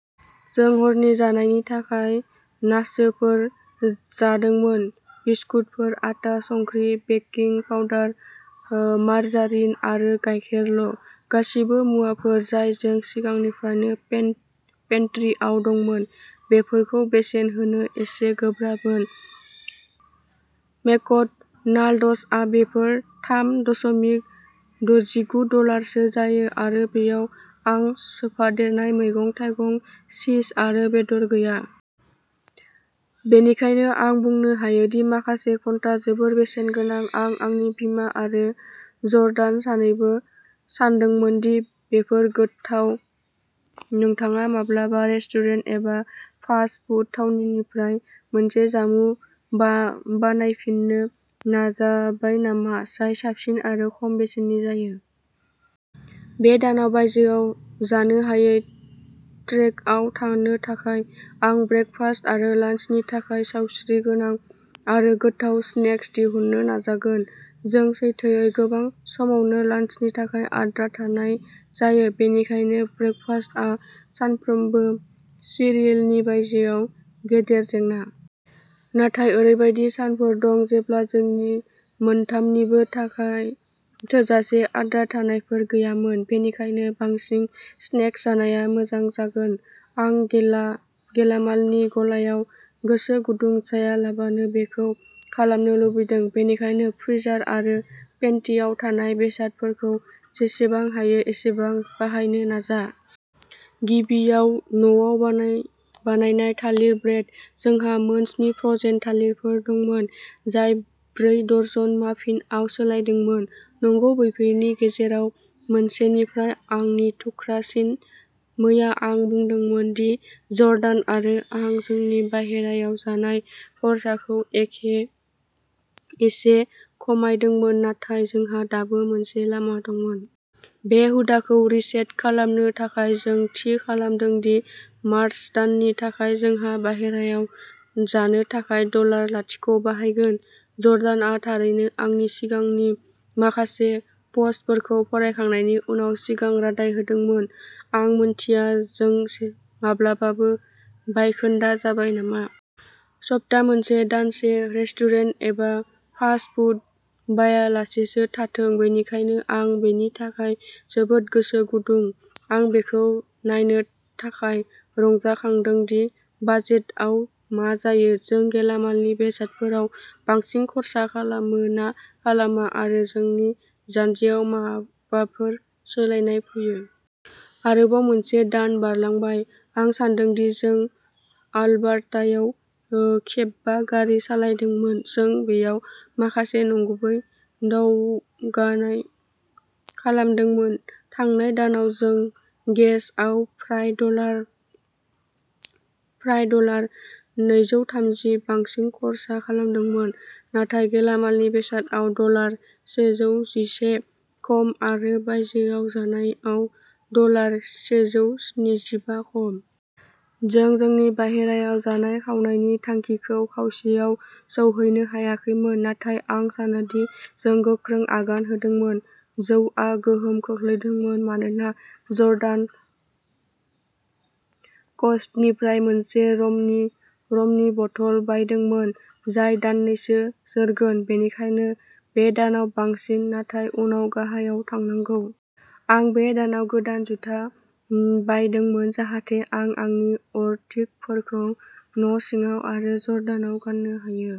जों हरनि जानायनि थाखाय नाचोफोर जादोंमोन। बिस्कुटफोर आटा, संख्रि, बेकिं पाउडार, ओ मार्जारिन आरो गायखेरल'- गासिबो मुवाफोर जाय जों सिगांनिफ्रायनो पेन पेन्ट्रीआव दंमोन, बेफोरखौ बेसेन होनो एसे गोब्राबमोन। मेकड'नाल्ड्सआ बेफोर थाम दशमिक दजिगु डलारसो जायो आरो बेयाव आं सोफादेरनाय मैगं-थाइगं, चीज आरो बेदर गैया। बेनिखायनो आं बुंनो हायो दि माखासे घन्टा जोबोद बेसेन गोनां आं, आंनि बिमा आरो जर्डान सानैबो सानदोंमोन दि बेफोर गोथाव। नोंथाङा माब्लाबा रेस्टुरेन्ट एबा फास्ट फुड थावनिनिफ्राय मोनसे जामुं बा बानायफिननो नाजाबाय नामा जाय साबसिन आरो खम बेसेननि जायो? बे दानाव बायजोआव जानो हायै ट्रेकआव थानो थाखाय, आं ब्रेकफास्ट आरो लान्चनि थाखाय सावस्रिगोनां आरो गोथाव स्नेक्स दिहुननो नाजागोन। जों सैथो गोबां समावनो लन्चनि थाखाय आद्रा थानाय जायो, बेनिखायनो ब्रेकफास्टआ सानफ्रोमबो सिरियेलनि बायजोआव गेदेर जेंना। नाथाय ओरैबायदि सानफोर दं जेब्ला जोंनि मोनथामनिबो थाखाय थोजासे आद्रा थानायफोर गैयामोन-बेनिखायनो बांसिन स्नेक्स जानाया मोजां जागोन। आं गेला गेलामालनि गलायाव गोसो गुदुं जायालाबानो बेखौ खालामनो लुबैदों, बेनिखायनो फ्रिजार आरो पेन्ट्रीआव थानाय बेसादफोरखौ जेसेबां हायो एसेबां बाहायनो नाजा। गिबियाव न'आव बानाय बानायनाय थालिर ब्रेड। जोंहा मोन स्नि फ्र'जेन थालिरफोर दंमोन जाय ब्रै दजन माफिनआव सोलायदोंमोन! नंगौ, बैफोरनि गेजेराव मोनसेनिफ्राय आंनि थुख्रा सिन। मैया आं बुंदोंमोन दि जर्डान आरो आं जोंनि बाहेरायाव जानाय खरसाखौ एखे एसे खमायदोंमोन नाथाय जोंहा दाबो मोनसे लामा दंमोन। बे हुदाखौ'रिसेट'खालामनो थाखाय, जों थि खालामदों दि मार्च दाननि थाखाय जोंहा बाहेरायाव जानो थाखाय डलार लाथिख बाहायगोन। जर्डानआ थारैनो आंनि सिगांनि माखासे पस्टफोरखौ फरायखांनायनि उनाव सिगां रादाय होदोंमोन। आं मिथिया जों से माब्लाबाबो बायखोन्दा जाबाय नामा। सप्ता मोनसे, दानसे रेस्टुरेन्ट एबा फास्ट फुड बायालासेसो थाथों, बेनिखायनो आं बेनि थाखाय जोबोद गोसो गुदुं। आं बेखौ नायनो थाखाय रंजाखांदों दि बाजेटआव मा जायो। जों गेलामालनि बेसादफोराव बांसिन खर्सा खालामो ना खालामा, आरो जोंनि जान्जियाव माबाफोर सोलायनाय फैयो। आरोबाव मोनसे दान बारलांबाय। आं सानदों दि जों आलबार्तायाव ओ खेबबा गारि सालायदोंमोन, जों बेयाव माखासे नंगुबै दावगानाय खालामदोंमोन। थांनाय दानाव जों गेसआव फ्राय डलार फ्राय डलार नैजौथामजि बांसिन खर्सा खालामदोंमोन, नाथाय गेलामालनि बेसादआव डलार सेजौजिसे खम आरो बायजोआव जानायआव डलार सेजौस्निजिबा खम। जों जोंनि बाहेरायाव जानाय खावनायनि थांखिखौ खावसेआव सौहैनो हायाखैमोन, नाथाय आं सानोदि जों गोख्रों आगान होदोंमोन। जौआ गोहोम खोख्लैदोंमोन मानोना जर्डान कस्ट'निफ्राय मोनसे रमनि बथल बायदोंमोन जाय दाननैसो जोरगोन, बेनिखायनो बे दानाव बांसिन नाथाय उनाव गाहायाव थांनांगौ। आं बे दानाव गोदान जुथा बायदोंमोन जाहाथे आं आंनि अर्थ'टिकफोरखौ न'सिङाव आरो जर्डानाव गान्नो हायो।